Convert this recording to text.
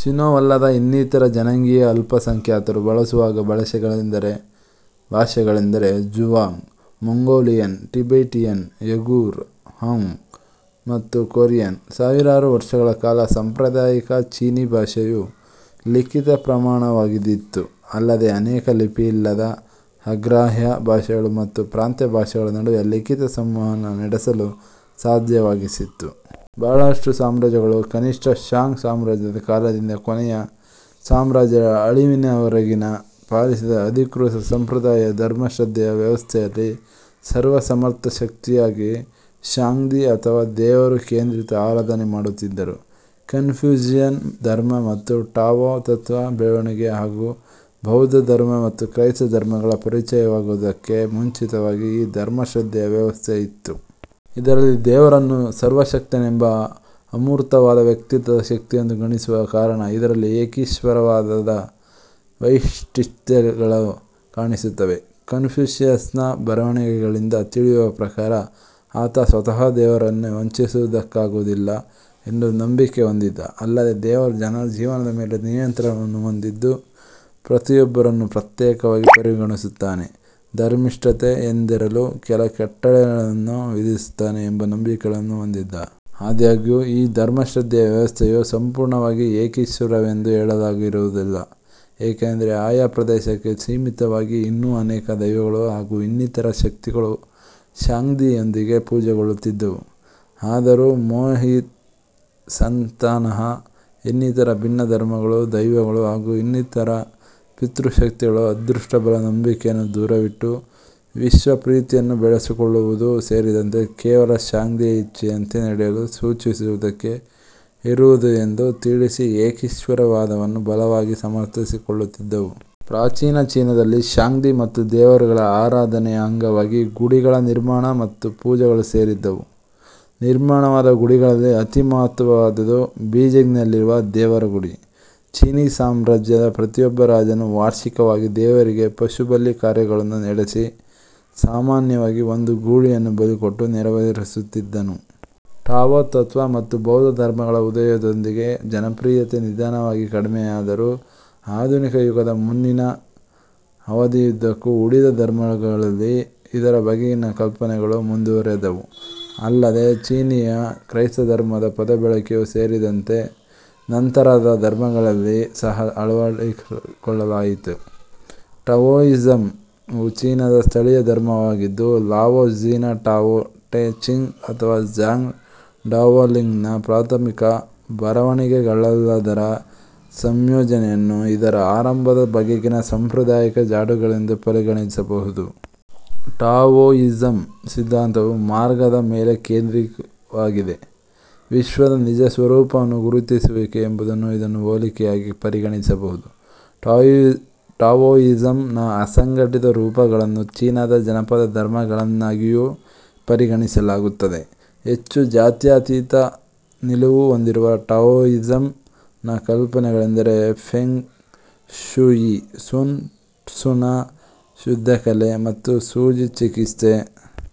ಸಿನೋವಲ್ಲದ ಇನ್ನಿತರ ಜನಾಂಗೀಯ ಅಲ್ಪಸಂಖ್ಯಾತರು ಬಳಸುವ ಭಾಷೆಗಳೆಂದರೆ Zhuang, Mongolian, Tibetan, Uyghur, Hmong ಮತ್ತು ಕೊರಿಯನ್. ಸಾವಿರಾರು ವರ್ಷಗಳ ಕಾಲ ಸಾಂಪ್ರದಾಯಿಕ ಚೀನೀ ಭಾಷೆಯು ಲಿಖಿತ ಪ್ರಮಾಣವಾಗಿದ್ದಿತು, ಅಲ್ಲದೇ ಅನೇಕ ಲಿಪಿಯಿಲ್ಲದ, ಅಗ್ರಾಹ್ಯ ಭಾಷೆಗಳು ಮತ್ತು ಪ್ರಾಂತ್ಯ ಭಾಷೆಗಳ ನಡುವೆ ಲಿಖಿತ ಸಂವಹನ ನಡೆಸಲು ಸಾಧ್ಯವಾಗಿಸಿತ್ತು. ಬಹಳಷ್ಟು ಸಾಮ್ರಾಜ್ಯಗಳು ಕನಿಷ್ಟ ಷಾಂಗ್ ಸಾಮ್ರಾಜ್ಯ ದ ಕಾಲದಿಂದ ಕೊನೆಯ ಸಾಮ್ರಾಜ್ಯದ ಅಳಿವಿನವರೆಗಿನ ಪಾಲಿಸಿದ "ಅಧಿಕೃತ" ಸಂಪ್ರದಾಯ ಧರ್ಮಶ್ರದ್ಧೆಯ ವ್ಯವಸ್ಥೆಯಲ್ಲಿ ಸರ್ವಸಮರ್ಥ ಶಕ್ತಿ ಯಾಗಿ ಷಾಂಗ್ದಿ ಅಥವಾ " ದೇವರು " ಕೇಂದ್ರಿತ ಆರಾಧನೆ ಮಾಡುತ್ತಿದ್ದರು. ಕನ್ಫ್ಯೂಷಿಯನ್ ಧರ್ಮ ಮತ್ತು ಟಾವೋ ತತ್ವ ಬೆಳವಣಿಗೆ ಹಾಗೂ ಬೌದ್ಧ ಧರ್ಮ ಮತ್ತು ಕ್ರೈಸ್ತ ಧರ್ಮಗಳ ಪರಿಚಯವಾಗುವುದಕ್ಕೆ ಮುಂಚಿತವಾಗಿ ಈ ಧರ್ಮಶ್ರದ್ಧೆಯ ವ್ಯವಸ್ಥೆಯಿತ್ತು.. ಇದರಲ್ಲಿ ದೇವರನ್ನು ಸರ್ವಶಕ್ತನೆಂಬ ಅಮೂರ್ತವಾದ ವ್ಯಕ್ತಿತ್ವದ ಶಕ್ತಿಯೆಂದು ಗಣಿಸುವ ಕಾರಣ ಇದರಲ್ಲಿ ಏಕೀಶ್ವರವಾದದ ವೈಶಿಷ್ಟ್ಯತೆಗಳು ಕಾಣಿಸುತ್ತದೆ. ಕನ್ಫ್ಯೂಷಿಯಸ್ನ ಬರವಣಿಗೆಗಳಿಂದ ತಿಳಿಯುವ ಪ್ರಕಾರ, ಆತ ಸ್ವತಃ ದೇವರನ್ನು ವಂಚಿಸುವುದಕ್ಕಾಗುವುದಿಲ್ಲ ಎಂದು ನಂಬಿಕೆ ಹೊಂದಿದ್ದ, ಅಲ್ಲದೇ ದೇವರು ಜನರ ಜೀವನದ ಮೇಲೆ ನಿಯಂತ್ರಣವನ್ನು ಹೊಂದಿದ್ದು, ಪ್ರತಿಯೊಬ್ಬರನ್ನು ಪ್ರತ್ಯೇಕವಾಗಿ ಪರಿಗಣಿಸುತ್ತಾನೆ, ಧರ್ಮಿಷ್ಠತೆ ಯಿಂದಿರಲು ಕೆಲ ಕಟ್ಟಳೆಗಳನ್ನು ವಿಧಿಸುತ್ತಾನೆ ಎಂಬ ನಂಬಿಕೆಗಳನ್ನು ಹೊಂದಿದ್ದ. ಆದಾಗ್ಯೂ ಈ ಧರ್ಮಶ್ರದ್ಧೆಯ ವ್ಯವಸ್ಥೆಯು ಸಂಪೂರ್ಣವಾಗಿ ಏಕೀಶ್ವರವೆಂದು ಹೇಳಲಾಗುವುದಿಲ್ಲ, ಏಕೆಂದರೆ ಆಯಾ ಪ್ರದೇಶಕ್ಕೆ ಸೀಮಿತವಾಗಿ ಇನ್ನೂ ಅನೇಕ ದೈವಗಳು ಹಾಗೂ ಇನ್ನಿತರ ಶಕ್ತಿಗಳು ಷಾಂಗ್ದಿ ಯೊಂದಿಗೆ ಪೂಜೆಗೊಳ್ಳುತ್ತಿದ್ದವು. ಆದರೂ ಮೋಹಿಸಂನಂತಹಾ ಇನ್ನಿತರ ಭಿನ್ನ ಧರ್ಮಗಳು, ದೈವಗಳು ಹಾಗೂ ಇನ್ನಿತರ ಪಿತೃ ಶಕ್ತಿಗಳು ಅದೃಷ್ಟಬಲ ನಂಬಿಕೆ ಯನ್ನು ದೂರವಿಟ್ಟು, "ವಿಶ್ವ ಪ್ರೀತಿ"ಯನ್ನು ಬೆಳೆಸಿಕೊಳ್ಳುವುದೂ ಸೇರಿದಂತೆ ಕೇವಲ ಷಾಂಗ್ದಿ ಯ ಇಚ್ಛೆಯಂತೆ ನಡೆಯಲು ಸೂಚಿಸುವುದಕ್ಕೆ ಇರುವುದು ಎಂದು ತಿಳಿಸಿ ಏಕೀಶ್ವರವಾದವನ್ನು ಬಲವಾಗಿ ಸಮರ್ಥಿಸಿಕೊಳ್ಳುತ್ತಿದ್ದವು. ಪ್ರಾಚೀನ ಚೀನಾದಲ್ಲಿ ಷಾಂಗ್ದಿ ಮತ್ತು ದೇವರುಗಳ ಆರಾಧನೆಯ ಅಂಗವಾಗಿ ಗುಡಿಗಳ ನಿರ್ಮಾಣ ಮತ್ತು ಪೂಜೆಗಳು ಸೇರಿದ್ದವು. ನಿರ್ಮಾಣವಾದ ಗುಡಿಗಳಲ್ಲಿ ಅತಿ ಮಹತ್ವವಾದದ್ದು ಬೀಜಿಂಗ್ನಲ್ಲಿರುವ ದೇವರ ಗುಡಿ. ಚೀನೀ ಸಾಮ್ರಾಜ್ಯದ ಪ್ರತಿಯೊಬ್ಬ ರಾಜನೂ ವಾರ್ಷಿಕವಾಗಿ ದೇವರಿಗೆ ಪಶುಬಲಿ ಕಾರ್ಯ ಗಳನ್ನು ನಡೆಸಿ ಸಾಮಾನ್ಯವಾಗಿ ಒಂದು ಗೂಳಿಯನ್ನು ಬಲಿಕೊಟ್ಟು ನೆರವೇರಿಸುತ್ತಿದ್ದನು. ಟಾವೋ ತತ್ವ ಮತ್ತು ಬೌದ್ಧ ಧರ್ಮಗಳ ಉದಯದೊಂದಿಗೆ ಜನಪ್ರಿಯತೆ ನಿಧಾನವಾಗಿ ಕಡಿಮೆಯಾದರೂ, ಆಧುನಿಕಯುಗದ ಮುನ್ನಿನ ಅವಧಿಯುದ್ದಕ್ಕೂ ಉಳಿದ ಧರ್ಮಗಳಲ್ಲಿ ಇದರ ಬಗೆಗಿನ ಕಲ್ಪನೆಗಳು ಮುಂದುವರೆದವು, ಅಲ್ಲದೇ ಚೀನೀಯ ಕ್ರೈಸ್ತಧರ್ಮದ ಪದಬಳಕೆಯೂ ಸೇರಿದಂತೆ ನಂತರದ ಧರ್ಮಗಳಲ್ಲಿ ಸಹಾ ಅಳವಡಿಸಿಕೊಳ್ಳಲಾಗಿದೆ. ಟಾವೋಯಿಸಂವು ಚೀನಾದ ಸ್ಥಳೀಯ ಧರ್ಮವಾಗಿದ್ದು, ಲಾವೋ ಝಿನ ಟಾವೋ ಟೆ ಚಿಂಗ್ ಅಥವಾ ಝಾಂಗ್ ಡಾವೋಲಿಂಗ್ನ ಪ್ರಾಥಮಿಕ ಬರವಣಿಗೆಗಳೆಲ್ಲದರ ಸಂಯೋಜನೆಯನ್ನು ಇದರ ಆರಂಭದ ಬಗೆಗಿನ ಸಾಂಪ್ರದಾಯಿಕ ಜಾಡುಗಳೆಂದು ಪರಿಗಣಿಸಬಹುದು. ಟಾವೋಯಿಸಂನ ಸಿದ್ಧಾಂತವು " ಮಾರ್ಗ "ದ ಮೇಲೆ ಕೇಂದ್ರಿತವಾಗಿದೆ; ವಿಶ್ವದ ನಿಜ ಸ್ವರೂಪವನ್ನು ಗುರುತಿಸುವಿಕೆ ಎಂಬುದಕ್ಕೆ ಇದನ್ನು ಹೋಲಿಕೆಯಾಗಿ ಪರಿಗಣಿಸಬಹುದು. ಟಾವೋಯಿಸಂನ ಅಸಂಘಟಿತ ರೂಪಗಳನ್ನು ಚೀನಾದ ಜನಪದ ಧರ್ಮಗಳನ್ನಾಗಿಯೂ ಪರಿಗಣಿಸಲಾಗುತ್ತದೆ. ಹೆಚ್ಚು ಜಾತ್ಯಾತೀತ ನಿಲುವು ಹೊಂದಿರುವ ಟಾವೋಯಿಸಂನ ಕಲ್ಪನೆಗಳೆಂದರೆ ಫೆಂಗ್ ಶೂಯಿ, ಸುನ್ ಟ್ಸುನ ಯುದ್ಧಕಲೆ, ಮತ್ತು ಸೂಜಿ ಚಿಕಿತ್ಸೆ.